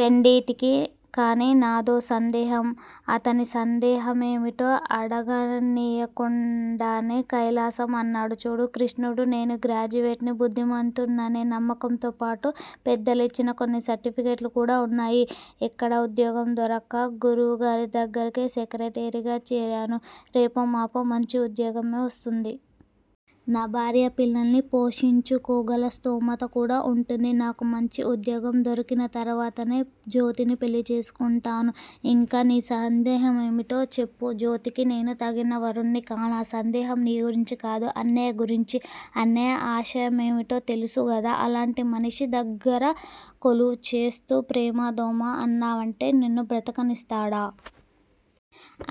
రెండిటికీ! కానీ నాదో సందేహం! అతని సందేహ మేమిటో అడగనీకుండానే కైలాసం అన్నాడు- చూడు కిష్టుడూ! నేను గ్రాడ్యుయేట్ ని, బుద్ధిమంతుడిననే నమ్మకంతోపాటు పెద్దలిచ్చిన కొన్ని సర్టిఫికెట్లు కూడా ఉన్నాయి. ఎక్కడా ఉద్యోగం దొరక్క గురువుగారిదగ్గిర సెక్రటరీగా చేరేను. రేపో మాపో మంచి ఉద్యోగమే వస్తుంది. నా భార్యాపిల్లల్ని పోషించుకోగల స్థోమత కూడా ఉంటుంది. నాకు మంచి ఉద్యోగం దొరికినతర్వాతనే జ్యోతిని పెళ్ళిచేసుకుంటాను. ఇంకా నీ సందేహమేమిటో చెప్పు? జ్యోతికి నేను తగిన వరుడ్ని కానా? సందేహం నీ గురించి కాదు-అన్నయ్య గురించి. అన్నయ్య ఆశయమేమిటో తెలుసుగదా! అలాంటి మనిషి దగ్గిర కొలువుచేస్తూ, ప్రేమా-దోమా అన్నావంటే నిన్ను బతకనిస్తాడా?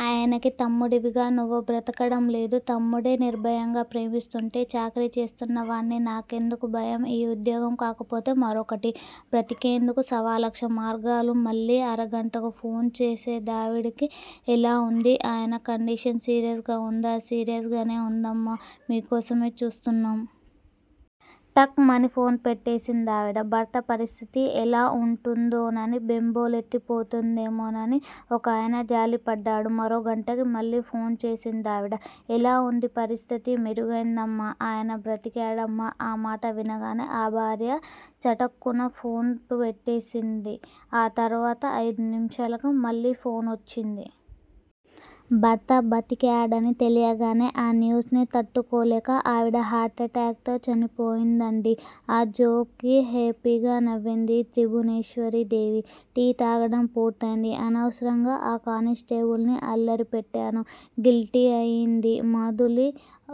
ఆయనకి తమ్ముడివిగా నువ్వు బతకడంలేదూ? తమ్ముడే నిర్భయంగా ప్రేమిస్తుంటే-చాకిరీ చేస్తున్నవాడ్ని నాకెందుకు భయం? ఈ ఉద్యోగం కాకపోతే మరొకటి? బతికేందుకు సవాలక్ష మార్గాలు! మళ్ళీ అరగంటకు ఫోన్ చేసిదావిడ. ఎలా ఉంది ఆయన కండిషన్ సీరియస్ గా ఉందా సీరియస్ గానే ఉందమ్మా మీకోసమే చూస్తున్నాం. టక్ మని ఫోన్ పెట్టేసిందావిడ. భర్త పరిస్థితి ఎలా ఉంటుందోనని బెంబేలెత్తిపోతోందేమోనని ఒకాయన జాలిపడ్డాడు. మరో గంటకి మళ్ళీ ఫోన్ చేసిందావిడ. ఎలా ఉంది పరిస్థితి మెరుగైందమ్మా ఆయన బ్రతికాడమ్మా. ఆ మాట వినగానే ఆ భార్య చటుక్కున ఫోన్ పెట్టేసింది. ఆ తర్వాత ఐదు నిమిషాలకు మళ్ళీ ఫోనొచ్చింది. భర్త బతికాడని తెలియగానే ఆ న్యూస్ ని తట్టుకోలేక ఆవిడ హార్టు ఎటాక్ తో చనిపోయిందండి. ఆ జోక్ కి హేపీగా నవ్వింది త్రిభువనేశ్వరీదేవి. టీ తాగడం పూర్తయింది. అనవసరంగా ఆ కానిస్టేబుల్ని అల్లరి పెట్టాను గిల్టీ అయింది మధూలి.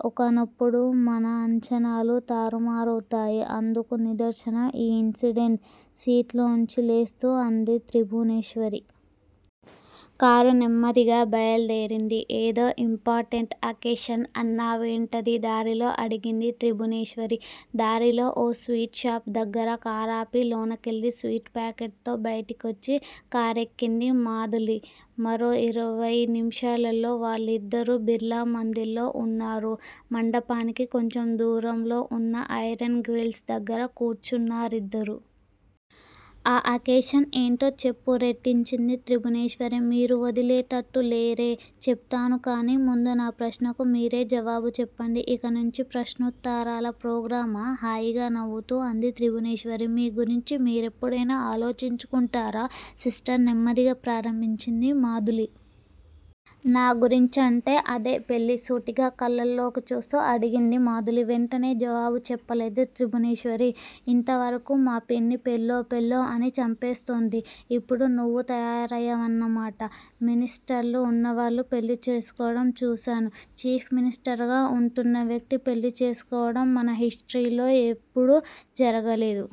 ఒక్కొక్కప్పుడు మన అంచనాలు తారుమారవుతాయి అందుకు నిదర్శనం ఈ ఇన్సిడెంట్ సీట్లోంచి లేస్తూ అంది త్రిభువనేశ్వరి. కారు నెమ్మదిగా బయలుదేరింది. ఏదో ఇంపార్టెంట్ అకేషన్ అన్నావ్ ఏంటది దారిలో అడిగింది త్రిభువనేశ్వరి. దారిలో ఓ స్వీట్ షాపు దగ్గర కారాపి లోనకెళ్ళి స్వీట్ పాకెట్ తో బయటికొచ్చి కారెక్కింది మధూలి. మరో ఇరవయ్ నిమిషాల్లో వాళ్ళిద్దరూ బిర్లామందిర్ లో ఉన్నారు. మండపానికి కొంచెం దూరంలో ఉన్న ఐరెన్ గ్రిల్స్ దగ్గర కూర్చున్నా రిద్దరు. ఆ అకేషన్ ఏంటో చెప్పు రెట్టించింది త్రిభువనేశ్వరి. మీరు వదిలేటట్టు లేరే! చెప్తాను కానీ ముందు నా ప్రశ్నకు మీరు జవాబు చెప్పండి. ఇక నుంచీ ప్రశ్నోత్తరాల ప్రోగ్రామా హాయిగా నవ్వుతూ అంది త్రిభువనేశ్వరి. మీ గురించి మీరెప్పుడైనా ఆలోచించుకుంటారా సిస్టర్ నెమ్మదిగా ప్రారంభించింది మధూలి. నా గురించి అంటే అదే పెళ్ళి సూటిగా కళ్ళల్లోకి చూస్తూ అడిగింది మధూలి. వెంటనే జవాబు చెప్పలేదు త్రిభువనేశ్వరి. ఇంతవరకూ మా పిన్ని పెళ్ళో పెళ్ళో అని చంపేస్తోంది. ఇప్పుడు నువ్వు తయారయావన్న మాట. మినిస్టరుగా ఉన్నవాళ్ళు పెళ్ళి చేసుకోవడం చూసాను. చీఫ్ మినిస్టర్ గా ఉంటున్న వ్యక్తి పెళ్ళి చేసుకోవడం మన హిస్టరీలో ఎప్పుడూ జరగలేదు.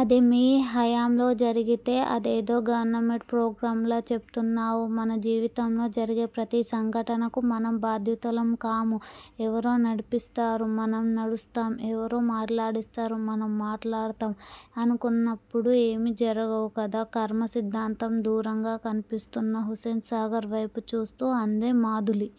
అది మీ హయాంలో జరిగితే. అదేదో గవర్నమెంట్ ప్రోగ్రామ్ లా చెపుతున్నావ్-మన జీవితంలో జరిగే ప్రతి సంఘటనకూ మనం బాధ్యులం కాము. ఎవరో నడిపిస్తారు- మనం నడుస్తాం. ఎవరో మాట్లాడిస్తారు- మనం మాట్లాడతాం అనుకున్నప్పుడు ఏమీ జరగవు కదా. కర్మ సిద్దాంతమా దూరంగా కన్పిస్తున్న హుసేన్ సాగర్ వేపు చూస్తూ అంది మధూలి.